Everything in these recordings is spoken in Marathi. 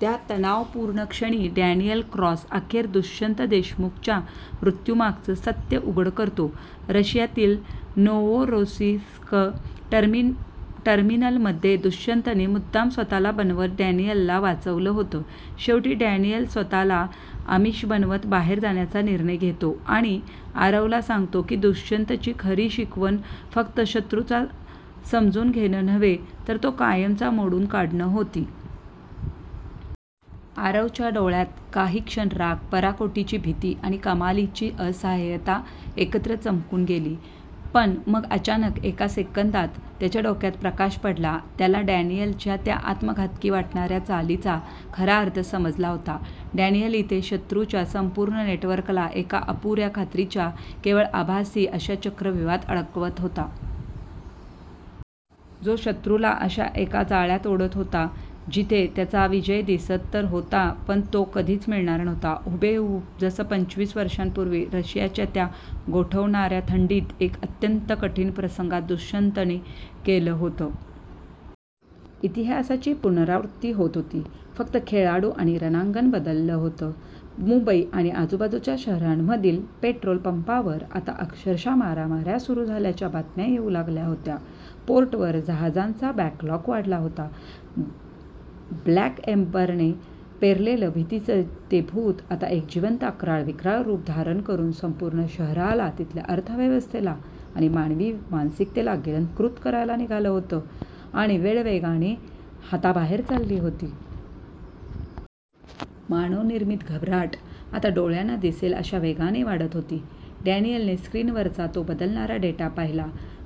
त्या तणावपूर्ण क्षणी डॅनियल क्रॉस अखेर दुष्यंत देशमुखच्या मृत्यूमागचं सत्य उघड करतो, रशियातील नोव्होरोसिस्क टर्मिनलमध्ये दुष्यंतने मुद्दाम स्वतःला बनवत डॅनियलला वाचवलं होतं. शेवटी डॅनियल स्वतःला आमिष बनवत बाहेर जाण्याचा निर्णय घेतो आणि आरवला सांगतो की दुष्यंतची खरी शिकवण फक्त शत्रूचा समजून घेणं नव्हे, तर तो कायमचा मोडून काढणं होती. आरवच्या डोळ्यांत काही क्षण राग, पराकोटीची भीती आणि कमालीची असहायता एकत्र चमकून गेली. पण मग अचानक, एका सेकंदात त्याच्या डोक्यात प्रकाश पडला. त्याला डॅनियलच्या या आत्मघातकी वाटणाऱ्या चालीचा खरा अर्थ समजला होता. डॅनियल इथे शत्रूच्या संपूर्ण नेटवर्कला एका अपुऱ्या खात्रीच्या, केवळ आभासी अशा चक्रव्यूहात अडकवत होता. तो शत्रूला अशा एका जाळ्यात ओढत होता, जिथे त्यांना विजय दिसत तर होता, पण तो कधीच मिळणार नव्हता. हुबेहूब जसं पंचवीस वर्षांपूर्वी रशियाच्या त्या गोठवणाऱ्या थंडीत, एका अत्यंत कठीण प्रसंगात दुष्यंतने केलं होतं! इतिहासाची पुनरावृत्ती होत होती, फक्त खेळाडू आणि रणांगण बदललं होतं. मुंबई आणि आजूबाजूच्या शहरांमधील पेट्रोल पंपांवर आता अक्षरशः मारामार्या सुरू झाल्याच्या बातम्या येऊ लागल्या होत्या. पोर्टवर जहाजांचा बॅकलॉग वाढला होता. ब्लॅक एम्बरने पेरलेलं भीतीचं ते भूत आता एक जिवंत, अक्राळविक्राळ रूप धारण करून संपूर्ण शहराला, तिथल्या अर्थव्यवस्थेला आणि मानवी मानसिकतेला गिळंकृत करायला निघालं होतं आणि वेळ वेगाने हाताबाहेर चालली होती. मानवनिर्मित घबराट आता डोळ्यांना दिसेल अशा वेगाने वाढत होती. डॅनियलने स्क्रीनवरचा तो बदलणारा डेटा पाहिला.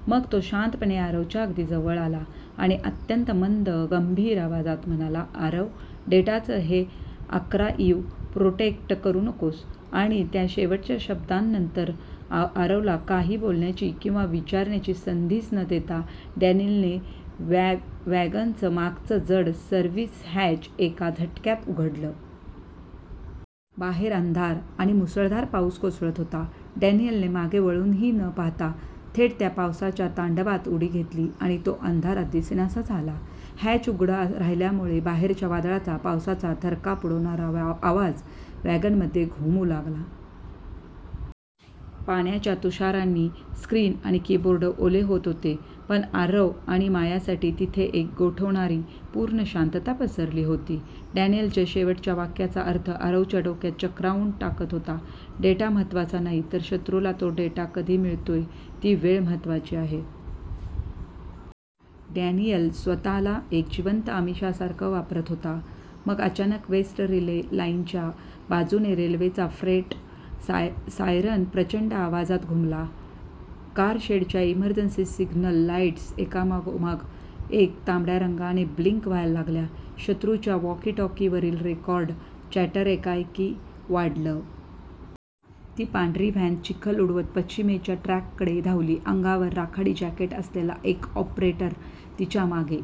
मग तो शांतपणे आरवच्या अगदी जवळ आला आणि अत्यंत मंद, गंभीर आवाजात म्हणाला, "आरव डेटाचं हे आर्काइव्ह प्रोटेक्ट करू नकोस " आणि त्या शेवटच्या शब्दांनंतर, आरवला काही बोलण्याची किंवा विचारण्याची संधीच न देता, डॅनियलने वॅगनचं मागचं जड सर्व्हिस हॅच एका झटक्यात उघडलं. बाहेर अंधार आणि मुसळधार पाऊस कोसळत होता. डॅनियलने मागे वळूनही न पाहता थेट त्या पावसाच्या तांडवात उडी घेतली आणि तो अंधारात दिसेनासा झाला. हॅच उघडं राहिल्यामुळे बाहेरच्या वादळाचा, पावसाचा थरकाप उडवणारा आवाज वॅगनमध्ये घुमू लागला. पाण्याच्या तुषारांनी स्क्रीन आणि कीबोर्ड ओले होत होते. पण आरव आणि मायासाठी तिथे एक गोठवणारी, पूर्ण शांतता पसरली होती. डॅनियलच्या शेवटच्या वाक्याचा अर्थ आरवच्या डोक्यात चक्रावून टाकत होता. डेटा महत्त्वाचा नाही, तर शत्रूला तो डेटा कधी मिळतोय ती वेळ महत्त्वाची आहे! डॅनियल स्वतःला एका जिवंत आमिषासारखं वापरत होता. मग अचानक वेस्ट रिले लाईनच्या बाजूने रेल्वेचा फ्रेट सायरन प्रचंड आवाजात घुमला. कारशेडच्या इमर्जन्सी सिग्नल लाईट्स एकामागोमाग एक तांबड्या रंगाने ब्लिंक व्हायला लागल्या. शत्रूच्या वॉकी-टॉकीवरील रेडिओ चॅटर एकाएकी वाढलं. ती पांढरी व्हॅन चिखल उडवत पश्चिमेच्या ट्रॅककडे धावली. अंगावर राखाडी जॅकेट असलेला एक ऑपरेटर तिच्या मागे